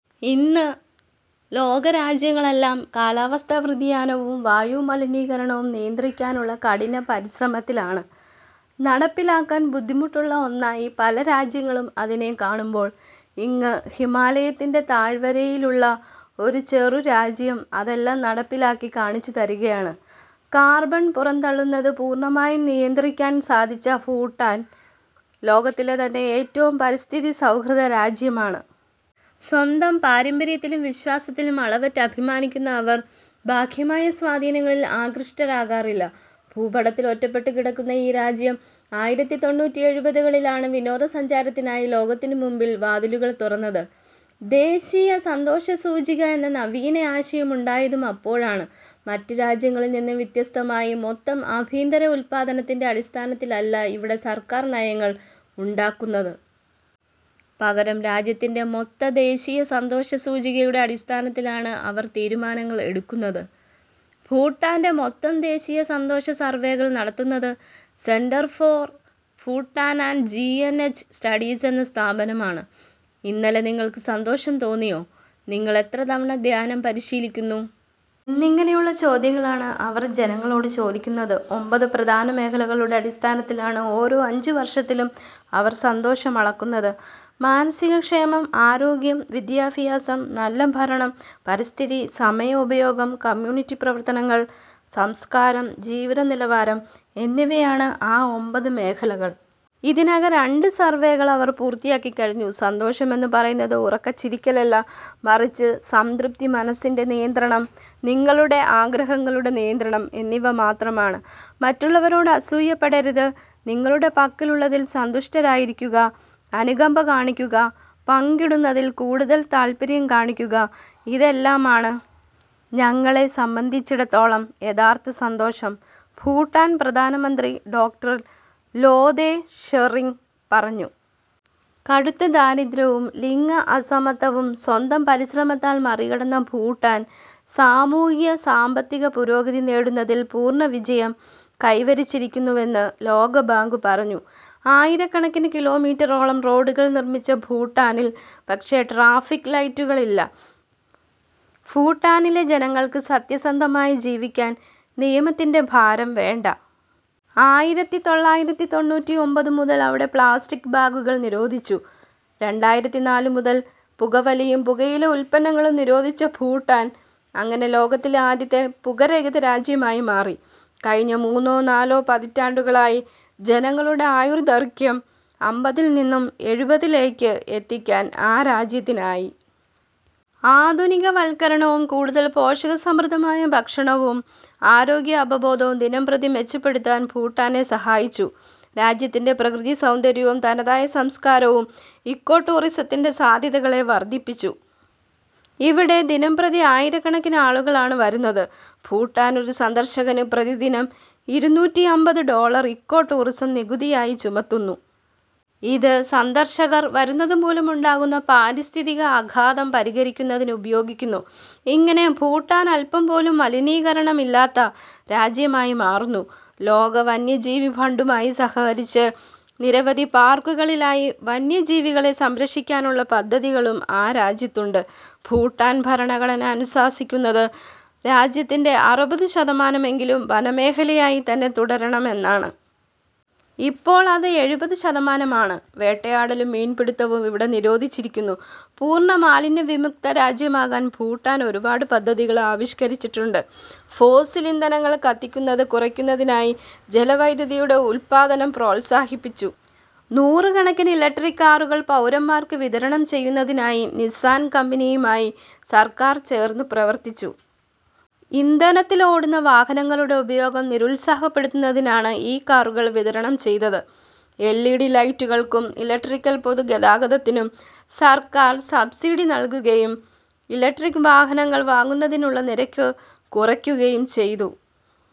ഇന്ന് ലോക രാജ്യങ്ങളെല്ലാം കാലാവസ്ഥാ വ്യതിയാനവും വായു മലിനീകരണവും നിയന്ത്രിക്കാനുള്ള കഠിന പരിശ്രമത്തിലാണ്. നടപ്പിലാക്കാൻ ബുദ്ധിമുട്ടുള്ള ഒന്നായി പല രാജ്യങ്ങളും അതിനെ കാണുമ്പോൾ ഇങ്ങ് ഹിമാലയത്തിൻ്റെ താഴ്വരയിലുള്ള ഒരു ചെറു രാജ്യം അതെല്ലാം നടപ്പിലാക്കി കാണിച്ചു തരികയാണ്. കാർബൺ പുറന്തള്ളുന്നത് പൂർണ്ണമായും നിയന്ത്രിക്കാൻ സാധിച്ച ഭൂട്ടാൻ, ലോകത്തിലെ തന്നെ ഏറ്റവും പരിസ്ഥിതി സൗഹൃദ രാജ്യമാണ്. സ്വന്തം പാരമ്പര്യത്തിലും വിശ്വാസത്തിലും അളവറ്റ് അഭിമാനിക്കുന്ന അവർ ബാഹ്യമായ സ്വാധീനങ്ങളിൽ ആകൃഷ്ടരാകാറില്ല. ഭൂപടത്തിൽ ഒറ്റപ്പെട്ടു കിടക്കുന്ന ഈ രാജ്യം ആയിരത്തി തൊണ്ണൂറ്റി എഴുപതുകളിലാണ് വിനോദസഞ്ചാരത്തിനായി ലോകത്തിന് മുമ്പിൽ വാതിലുകൾ തുറന്നത്. 'ദേശീയ സന്തോഷ സൂചിക' എന്ന നവീന ആശയം ഉണ്ടായതും അപ്പോഴാണ്. മറ്റ് രാജ്യങ്ങളിൽ നിന്ന് വ്യത്യസ്തമായി മൊത്ത ആഭ്യന്തര ഉൽപ്പാദനത്തിൻ്റെ അടിസ്ഥാനത്തിലല്ല ഇവിടെ സർക്കാർ നയങ്ങൾ ഉണ്ടാക്കുന്നത്. പകരം രാജ്യത്തിൻ്റെ മൊത്ത ദേശീയ സന്തോഷ സൂചികയുടെ അടിസ്ഥാനത്തിലാണ് അവർ തീരുമാനങ്ങൾ എടുക്കുന്നത്. ഭൂട്ടാൻ്റെ മൊത്തം ദേശീയ സന്തോഷ സർവേകൾ നടത്തുന്നത് centre for Bhutan and G N H studies എന്ന സ്ഥാപനമാണ്. "ഇന്നലെ നിങ്ങൾക്ക് സന്തോഷം തോന്നിയോ? നിങ്ങൾ എത്ര തവണ ധ്യാനം പരിശീലിക്കുന്നു?" എന്നിങ്ങനെയുള്ള ചോദ്യങ്ങളാണ് അവർ ജനങ്ങളോട് ചോദിക്കുന്നത്. ഒമ്പത് പ്രധാന മേഖലകളുടെ അടിസ്ഥാനത്തിലാണ് ഓരോ അഞ്ച് വർഷത്തിലും അവർ സന്തോഷം അളക്കുന്നത്. മാനസിക ക്ഷേമം ആരോഗ്യം, വിദ്യാഭ്യാസം, നല്ല ഭരണം, പരിസ്ഥിതി, സമയ ഉപയോഗം, കമ്മ്യൂണിറ്റി പ്രവർത്തനങ്ങൾ, സംസ്കാരം, ജീവിത നിലവാരം എന്നിവയാണ് ആ ഒമ്പത് മേഖലകൾ. ഇതിനകം രണ്ട് സർവേകൾ അവർ പൂർത്തിയാക്കി കഴിഞ്ഞു. സന്തോഷം എന്ന് പറയുന്നത് ഉറക്കെ ചിരിക്കലല്ല മറിച്ച് സംതൃപ്തി മനസ്സിൻ്റെ നിയന്ത്രണം നിങ്ങളുടെ ആഗ്രഹങ്ങളുടെ നിയന്ത്രണം എന്നിവ മാത്രമാണ്. മറ്റുള്ളവരോട് അസൂയപ്പെടരുത് നിങ്ങളുടെ പക്കലുള്ളതിൽ സന്തുഷ്ടരായിരിക്കുക അനുകമ്പ കാണിക്കുക പങ്കിടുന്നതിൽ കൂടുതൽ താല്പര്യം കാണിക്കുക ഇതെല്ലാമാണ് ഞങ്ങളെ സംബന്ധിച്ചിടത്തോളം യഥാർത്ഥ സന്തോഷം ഭൂട്ടാൻ പ്രധാനമന്ത്രി ഡോക്ടർ ലോതേ ഷെറിംഗ് പറഞ്ഞു. കടുത്ത ദാരിദ്ര്യവും ലിംഗ അസമത്വവും സ്വന്തം പരിശ്രമത്താൽ മറികടന്ന ഭൂട്ടാൻ സാമൂഹ്യ, സാമ്പത്തിക പുരോഗതി നേടുന്നതിൽ പൂർണ്ണ വിജയം കൈവരിച്ചിരിക്കുന്നുവെന്ന് ലോകബാങ്ക് പറഞ്ഞു. ആയിരക്കണക്കിന് കിലോമീറ്ററോളം റോഡുകൾ നിർമ്മിച്ച ഭൂട്ടാനിൽ പക്ഷേ ട്രാഫിക് ലൈറ്റുകൾ ഇല്ല. ഭൂട്ടാനിലെ ജനങ്ങൾക്ക് സത്യസന്ധമായി ജീവിക്കാൻ നിയമത്തിൻ്റെ ഭാരം വേണ്ട. ആയിരത്തി തൊണ്ണൂറ്റി തൊണ്ണൂറ്റി ഒമ്പത് മുതൽ അവിടെ പ്ലാസ്റ്റിക് ബാഗുകൾ നിരോധിച്ചു. രണ്ടായിരത്തി നാല് മുതൽ പുകവലിയും പുകയില ഉൽപ്പന്നങ്ങളും നിരോധിച്ച ഭൂട്ടാൻ, അങ്ങനെ ലോകത്തിലെ ആദ്യത്തെ പുകരഹിത രാജ്യമായി മാറി. കഴിഞ്ഞ മൂന്നോ നാലോ പതിറ്റാണ്ടുകളായി ജനങ്ങളുടെ ആയുർദൈർഘ്യം അമ്പതിൽ നിന്ന് എഴുപതിലേക്ക് എത്തിക്കാൻ ആ രാജ്യത്തിനായി. ആധുനികവൽക്കരണവും കൂടുതൽ പോഷകസമൃദ്ധമായ ഭക്ഷണവും ആരോഗ്യ അവബോധവും ദിനംപ്രതി മെച്ചപ്പെടുത്താൻ ഭൂട്ടാനെ സഹായിച്ചു. രാജ്യത്തിൻ്റെ പ്രകൃതി സൗന്ദര്യവും തനതായ സംസ്കാരവും ഇക്കോ ടൂറിസത്തിൻ്റെ സാധ്യതകളെ വർദ്ധിപ്പിച്ചു. ഇവിടെ ദിനംപ്രതി ആയിരക്കണക്കിന് ആളുകളാണ് വരുന്നത്. ഭൂട്ടാൻ ഒരു സന്ദർശകന് പ്രതിദിനം ഇരുനൂറ്റി അമ്പത് ഡോളർ ഇക്കോ ടൂറിസം നികുതിയായി ചുമത്തുന്നു. ഇത് സന്ദർശകർ വരുന്നത് മൂലമുണ്ടാകുന്ന പാരിസ്ഥിതിക ആഘാതം പരിഹരിക്കുന്നതിന് ഉപയോഗിക്കുന്നു. ഇങ്ങനെ ഭൂട്ടാൻ അല്പം പോലും മലിനീകരണമില്ലാത്ത രാജ്യമായി മാറുന്നു. ലോക വന്യജീവി ഫണ്ടുമായി സഹകരിച്ച് നിരവധി പാർക്കുകളിലായി വന്യജീവികളെ സംരക്ഷിക്കാനുള്ള പദ്ധതികളും ആ രാജ്യത്തുണ്ട്. ഭൂട്ടാൻ ഭരണഘടന അനുശാസിക്കുന്നത് രാജ്യത്തിൻ്റെ അറുപത് ശതമാനമെങ്കിലും വനമേഖലയായി തന്നെ തുടരണമെന്നാണ്. ഇപ്പോൾ അത് എഴുപത് ശതമാനമാണ്. വേട്ടയാടലും മീൻപിടുത്തവും ഇവിടെ നിരോധിച്ചിരിക്കുന്നു. പൂർണ്ണ മാലിന്യവിമുക്ത രാജ്യമാകാൻ ഭൂട്ടാൻ ഒരുപാട് പദ്ധതികൾ ആവിഷ്കരിച്ചിട്ടുണ്ട്. ഫോസിൽ ഇന്ധനങ്ങൾ കത്തിക്കുന്നത് കുറയ്ക്കുന്നതിനായി ജലവൈദ്യുതിയുടെ ഉൽപ്പാദനം പ്രോത്സാഹിപ്പിച്ചു. നൂറുകണക്കിന് ഇലക്ട്രിക് കാറുകൾ പൗരന്മാർക്ക് വിതരണം ചെയ്യുന്നതിനായി നിസ്സാൻ കമ്പനിയുമായി സർക്കാർ ചേർന്ന് പ്രവർത്തിച്ചു. ഇന്ധനത്തിൽ ഓടുന്ന വാഹനങ്ങളുടെ ഉപയോഗം നിരുത്സാഹപ്പെടുത്തുന്നതിനാണ് ഈ കാറുകൾ വിതരണം ചെയ്തത്. എൽ ഇ ഡി ലൈറ്റുകൾക്കും ഇലക്ട്രിക്കൽ പൊതുഗതാഗതത്തിനും സർക്കാർ സബ്സിഡി നൽകുകയും ഇലക്ട്രിക് വാഹനങ്ങൾ വാങ്ങുന്നതിനുള്ള നിരക്ക് കുറയ്ക്കുകയും ചെയ്തു.